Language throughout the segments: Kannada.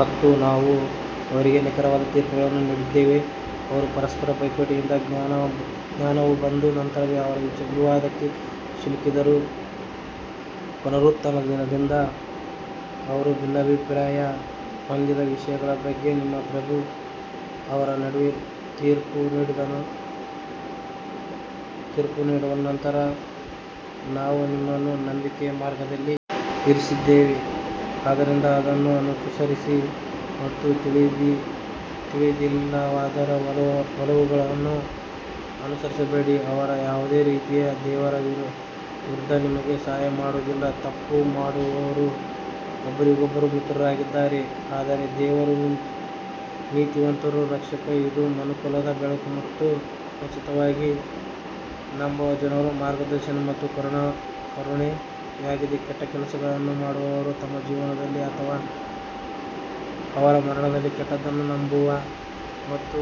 ಮತ್ತು ನಾವು ಅವರಿಗೆ ನಿಖರವಾದ ತೀರ್ಪುಗಳನ್ನು ನೀಡಿದ್ದೇವೆ, ಅವರು ಪರಸ್ಪರ ಪೈಪೋಟಿಯಿಂದ ಜ್ಞಾನವು ಬಂದ ನಂತರವೇ ಅವರು ವಿವಾದಕ್ಕೆ ಸಿಲುಕಿದರು, ಪುನರುತ್ಥಾನದ ದಿನದಂದು ಅವರು ಭಿನ್ನಾಭಿಪ್ರಾಯ ಹೊಂದಿದ್ದ ವಿಷಯಗಳ ಬಗ್ಗೆ ನಿಮ್ಮ ಪ್ರಭು ಅವರ ನಡುವೆ ತೀರ್ಪು ನೀಡುವನು. ನಂತರ ನಾವು ನಿಮ್ಮನ್ನು ನಂಬಿಕೆಯ ಮಾರ್ಗದಲ್ಲಿ ಇರಿಸಿದ್ದೇವೆ ಆದ್ದರಿಂದ ಅದನ್ನು ಅನುಸರಿಸಿ ಮತ್ತು ತಿಳಿದಿಲ್ಲದವರ ಒಲವುಗಳನ್ನು ಅನುಸರಿಸಬೇಡಿ ಅವರು ಯಾವುದೇ ರೀತಿಯಲ್ಲಿ ದೇವರ ವಿರುದ್ಧ ನಿಮಗೆ ಸಹಾಯ ಮಾಡುವುದಿಲ್ಲ, ತಪ್ಪು ಮಾಡುವವರು ಒಬ್ಬರಿಗೊಬ್ಬರು ಮಿತ್ರರಾಗಿದ್ದಾರೆ ಆದರೆ ದೇವರು ನೀತಿವಂತರ ರಕ್ಷಕ ಇದು ಮನುಕುಲಕ್ಕೆ ಬೆಳಕು ಮತ್ತು ಖಚಿತವಾಗಿ ನಂಬುವ ಜನರಿಗೆ ಮಾರ್ಗದರ್ಶನ ಮತ್ತು ಕರುಣೆಯಾಗಿದೆ ಕೆಟ್ಟ ಕೆಲಸಗಳನ್ನು ಮಾಡುವವರು ತಮ್ಮ ಜೀವನದಲ್ಲಿ ಅಥವಾ ಅವರ ಮರಣದಲ್ಲಿ ಕೆಟ್ಟದ್ದನ್ನು ನಂಬುವ ಮತ್ತು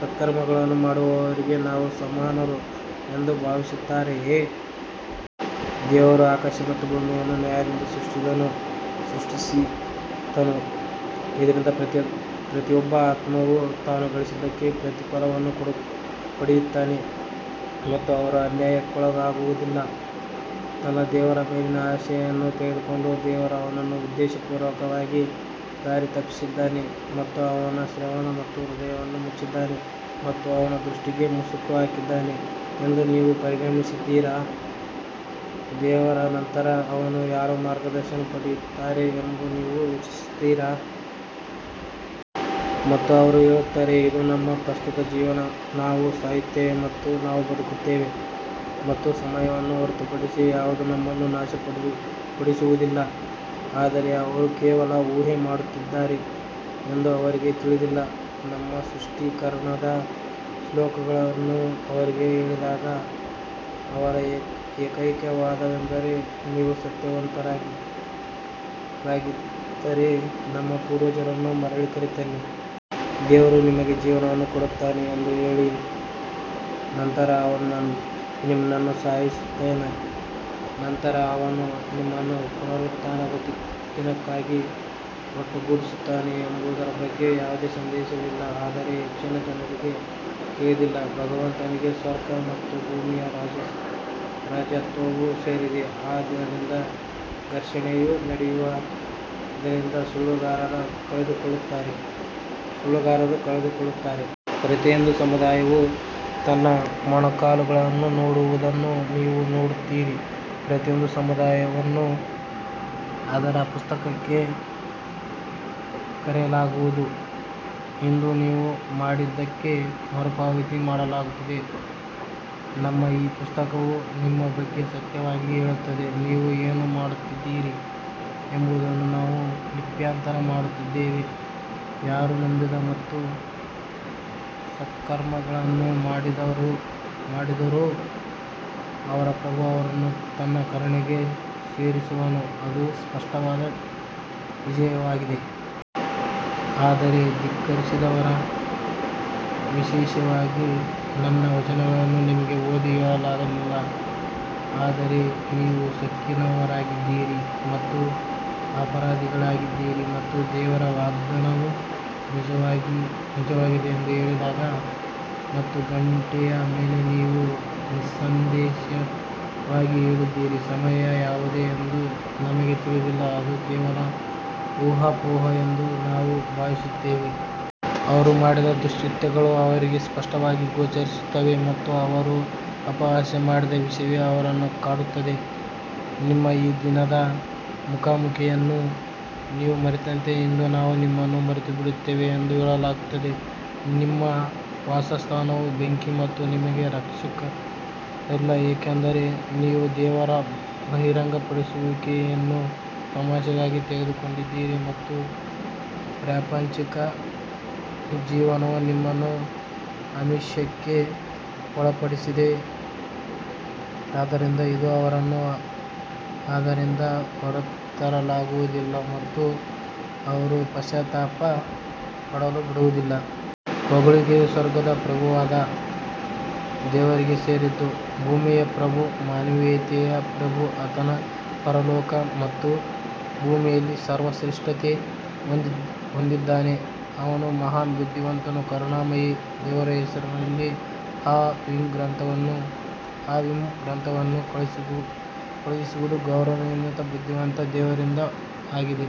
ಸತ್ಕರ್ಮಗಳನ್ನು ಮಾಡುವವರಿಗೆ ನಾವು ಸಮಾನರು ಎಂದು ಭಾವಿಸುತ್ತಾರೆಯೇ? ದೇವರು ಆಕಾಶ ಮತ್ತು ಭೂಮಿಯನ್ನು ನ್ಯಾಯದಿಂದ ಸೃಷ್ಟಿಸಿದನು, ಇದರಿಂದ ಪ್ರತಿಯೊಬ್ಬ ಆತ್ಮವು ತಾನು ಗಳಿಸಿದ್ದಕ್ಕೆ ಪ್ರತಿಫಲವನ್ನು ಪಡೆಯುತ್ತಾನೆ ಮತ್ತು ಅವರು ಅನ್ಯಾಯಕ್ಕೊಳಗಾಗುವುದಿಲ್ಲ ತನ್ನ ದೇವರ ಮೇಲಿನ ಆಸೆಯನ್ನು ತೆಗೆದುಕೊಂಡು ದೇವರು ಅವನನ್ನು ಉದ್ದೇಶಪೂರ್ವಕವಾಗಿ ದಾರಿ ತಪ್ಪಿಸಿದ್ದಾನೆ ಮತ್ತು ಅವನ ಶ್ರವಣ ಮತ್ತು ಹೃದಯವನ್ನು ಮುಚ್ಚಿದ್ದಾನೆ ಮತ್ತು ಅವನ ದೃಷ್ಟಿಗೆ ಮುಸುಕು ಹಾಕಿದ್ದಾನೆ ಎಂದು ನೀವು ಪರಿಗಣಿಸಿದ್ದೀರಾ, ದೇವರ ನಂತರ ಅವನನ್ನು ಯಾರು ಮಾರ್ಗದರ್ಶನ ಮಾಡುತ್ತಾರೆ ಎಂದು ನೀವು ಯೋಚಿಸುತ್ತೀರಾ? ಮತ್ತು ಅವರು ಹೇಳುತ್ತಾರೆ ಇದು ನಮ್ಮ ಪ್ರಸ್ತುತ ಜೀವನ ನಾವು ಸಾಯುತ್ತೇವೆ ಮತ್ತು ನಾವು ಬದುಕುತ್ತೇವೆ ಮತ್ತು ಸಮಯವನ್ನು ಹೊರತುಪಡಿಸಿ ಯಾವುದೂ ನಮ್ಮನ್ನು ನಾಶಪಡಿಸುವುದಿಲ್ಲ ಆದರೆ ಅವರು ಕೇವಲ ಊಹೆ ಮಾಡುತ್ತಿದ್ದಾರೆ ಎಂದು ಅವರಿಗೆ ತಿಳಿದಿಲ್ಲ. ನಮ್ಮ ಸ್ಪಷ್ಟೀಕರಣದ ಶ್ಲೋಕಗಳನ್ನು ಅವರಿಗೆ ಹೇಳಿದಾಗ ಅವರ ಏಕೈಕ ವಾದವೆಂದರೆ ನೀವು ಸತ್ಯವಂತರಾಗಿದ್ದರೆ ನಮ್ಮ ಪೂರ್ವಜರನ್ನು ಮರಳಿ ಕರೆತನ್ನಿ. ದೇವರು ನಿಮಗೆ ಜೀವವನ್ನು ಕೊಡುತ್ತಾನೆ ಎಂದು ಹೇಳಿ ನಂತರ ಅವನು ನಿನ್ನನ್ನು ಸಾಯಿಸುತ್ತಾನೆ ನಂತರ ಅವನು ನಿಮ್ಮನ್ನು ಪುನರುತ್ಥಾನದ ದಿನಕ್ಕಾಗಿ ಒಟ್ಟುಗೂಡಿಸುತ್ತಾನೆ ಎಂಬುದರ ಬಗ್ಗೆ ಯಾವುದೇ ಸಂದೇಹವಿಲ್ಲ ಆದರೆ ಹೆಚ್ಚಿನ ಜನರಿಗೆ ತಿಳಿದಿಲ್ಲ ಭಗವಂತನಿಗೆ ಸ್ವರ್ಗ ಮತ್ತು ಭೂಮಿಯ ರಾಜತ್ವವು ಸೇರಿದೆ ಆ ದಿನದಂದು ಘರ್ಷಣೆಯು ನಡೆಯುವ ದಿನದಂದು ಸುಳ್ಳುಗಾರರು ಕಳೆದುಕೊಳ್ಳುತ್ತಾರೆ. ಪ್ರತಿಯೊಂದು ಸಮುದಾಯವು ತನ್ನ ಮೊಣಕಾಲುಗಳನ್ನು ನೋಡುವುದನ್ನು ನೀವು ನೋಡುತ್ತೀರಿ ಪ್ರತಿಯೊಂದು ಸಮುದಾಯವನ್ನು ಅದರ ಪುಸ್ತಕಕ್ಕೆ ಕರೆಯಲಾಗುವುದು ಇಂದು ನೀವು ಮಾಡಿದ್ದಕ್ಕಾಗಿ ಮರುಪಾವತಿ ಮಾಡಲಾಗುತ್ತಿದೆ ನಮ್ಮ ಈ ಪುಸ್ತಕವು ನಿಮ್ಮ ಬಗ್ಗೆ ಸತ್ಯವಾಗಿ ಹೇಳುತ್ತದೆ, ನೀವು ಏನು ಮಾಡುತ್ತಿದ್ದೀರಿ ಎಂಬುದನ್ನು ನಾವು ಲಿಪ್ಯಂತರ ಮಾಡುತ್ತಿದ್ದೇವೆ ಯಾರು ನಂಬಿದ ಮತ್ತು ಸತ್ಕರ್ಮಗಳನ್ನು ಮಾಡಿದರೋ ಅವರ ಪ್ರಭು ಅವರನ್ನು ತನ್ನ ಕರುಣೆಗೆ ಸೇರಿಸುವನು ಅದು ಸ್ಪಷ್ಟವಾದ ವಿಜಯವಾಗಿದೆ. ಆದರೆ ಧಿಕ್ಕರಿಸಿದವರ ವಿಷಯವಾಗಿ ನನ್ನ ವಚನಗಳನ್ನು ನಿಮಗೆ ಓದಿ ಹೇಳಲಾಗಲಿಲ್ಲ ಆದರೆ ನೀವು ಸೊಕ್ಕಿನವರಾಗಿದ್ದೀರಿ ಮತ್ತು ಅಪರಾಧಿಗಳಾಗಿದ್ದೀರಿ. ಮತ್ತು ದೇವರ ವಾಗ್ದಾನವು ನಿಜವಾಗಿದೆ ಎಂದು ಹೇಳಿದಾಗ ಮತ್ತು ಗಂಟೆಯ ಬಗ್ಗೆ ನೀವು ನಿಸ್ಸಂದೇಹವಾಗಿ ಹೇಳಿದ್ದೀರಿ, ಸಮಯ ಯಾವುದು ಎಂದು ನಮಗೆ ತಿಳಿದಿಲ್ಲ, ಅದು ಕೇವಲ ಊಹಾಪೋಹ ಎಂದು ನಾವು ಭಾವಿಸುತ್ತೇವೆ. ಅವರು ಮಾಡಿದ ದುಷ್ಕೃತ್ಯಗಳು ಅವರಿಗೆ ಸ್ಪಷ್ಟವಾಗಿ ಗೋಚರಿಸುತ್ತವೆ ಮತ್ತು ಅವರು ಅಪಹಾಸ್ಯ ಮಾಡಿದ ವಿಷಯವೇ ಅವರನ್ನು ಕಾಡುತ್ತದೆ ನಿಮ್ಮ ಈ ದಿನದ ಮುಖಾಮುಖಿಯನ್ನು ನೀವು ಮರೆತಂತೆ ಇಂದು ನಾವು ನಿಮ್ಮನ್ನು ಮರೆತುಬಿಡುತ್ತೇವೆ ಎಂದು ಹೇಳಲಾಗುತ್ತದೆ ನಿಮ್ಮ ವಾಸಸ್ಥಾನವು ಬೆಂಕಿ ಮತ್ತು ನಿಮಗೆ ರಕ್ಷಕರಿಲ್ಲ ಏಕೆಂದರೆ ನೀವು ದೇವರ ಬಹಿರಂಗಪಡಿಸುವಿಕೆಯನ್ನು ತಮಾಷೆಗಾಗಿ ತೆಗೆದುಕೊಂಡಿದ್ದೀರಿ ಮತ್ತು ಪ್ರಾಪಂಚಿಕ ಜೀವನವು ನಿಮ್ಮನ್ನು ಆಮಿಷಕ್ಕೆ ಒಳಪಡಿಸಿದೆ ಆದ್ದರಿಂದ ಇಂದು ಅವರನ್ನು ಅದರಿಂದ ಹೊರತರಲಾಗುವುದಿಲ್ಲ ಮತ್ತು ಅವರು ಪಶ್ಚಾತ್ತಾಪ ಪಡಲು ಬಿಡುವುದಿಲ್ಲ. ಹೊಗಳಿಕೆಯು ಸ್ವರ್ಗದ ಪ್ರಭುವಾದ ದೇವರಿಗೆ ಸೇರಿದ್ದು, ಭೂಮಿಯ ಪ್ರಭು ಮಾನವೀಯತೆಯ ಪ್ರಭು ಆತನು ಪರಲೋಕ ಮತ್ತು ಭೂಮಿಯಲ್ಲಿ ಸರ್ವಶ್ರೇಷ್ಠತೆ ಹೊಂದಿದ್ದಾನೆ, ಅವನು ಮಹಾನ್ ಬುದ್ಧಿವಂತನು ಕರುಣಾಮಯಿ ದೇವರ ಹೆಸರಿನಲ್ಲಿ ಹಾ ಮೀಮ್ ಗ್ರಂಥವನ್ನು ಕಳುಹಿಸುವುದು ಗೌರವಾನ್ವಿತ ಬುದ್ಧಿವಂತ ದೇವರಿಂದ ಆಗಿದೆ.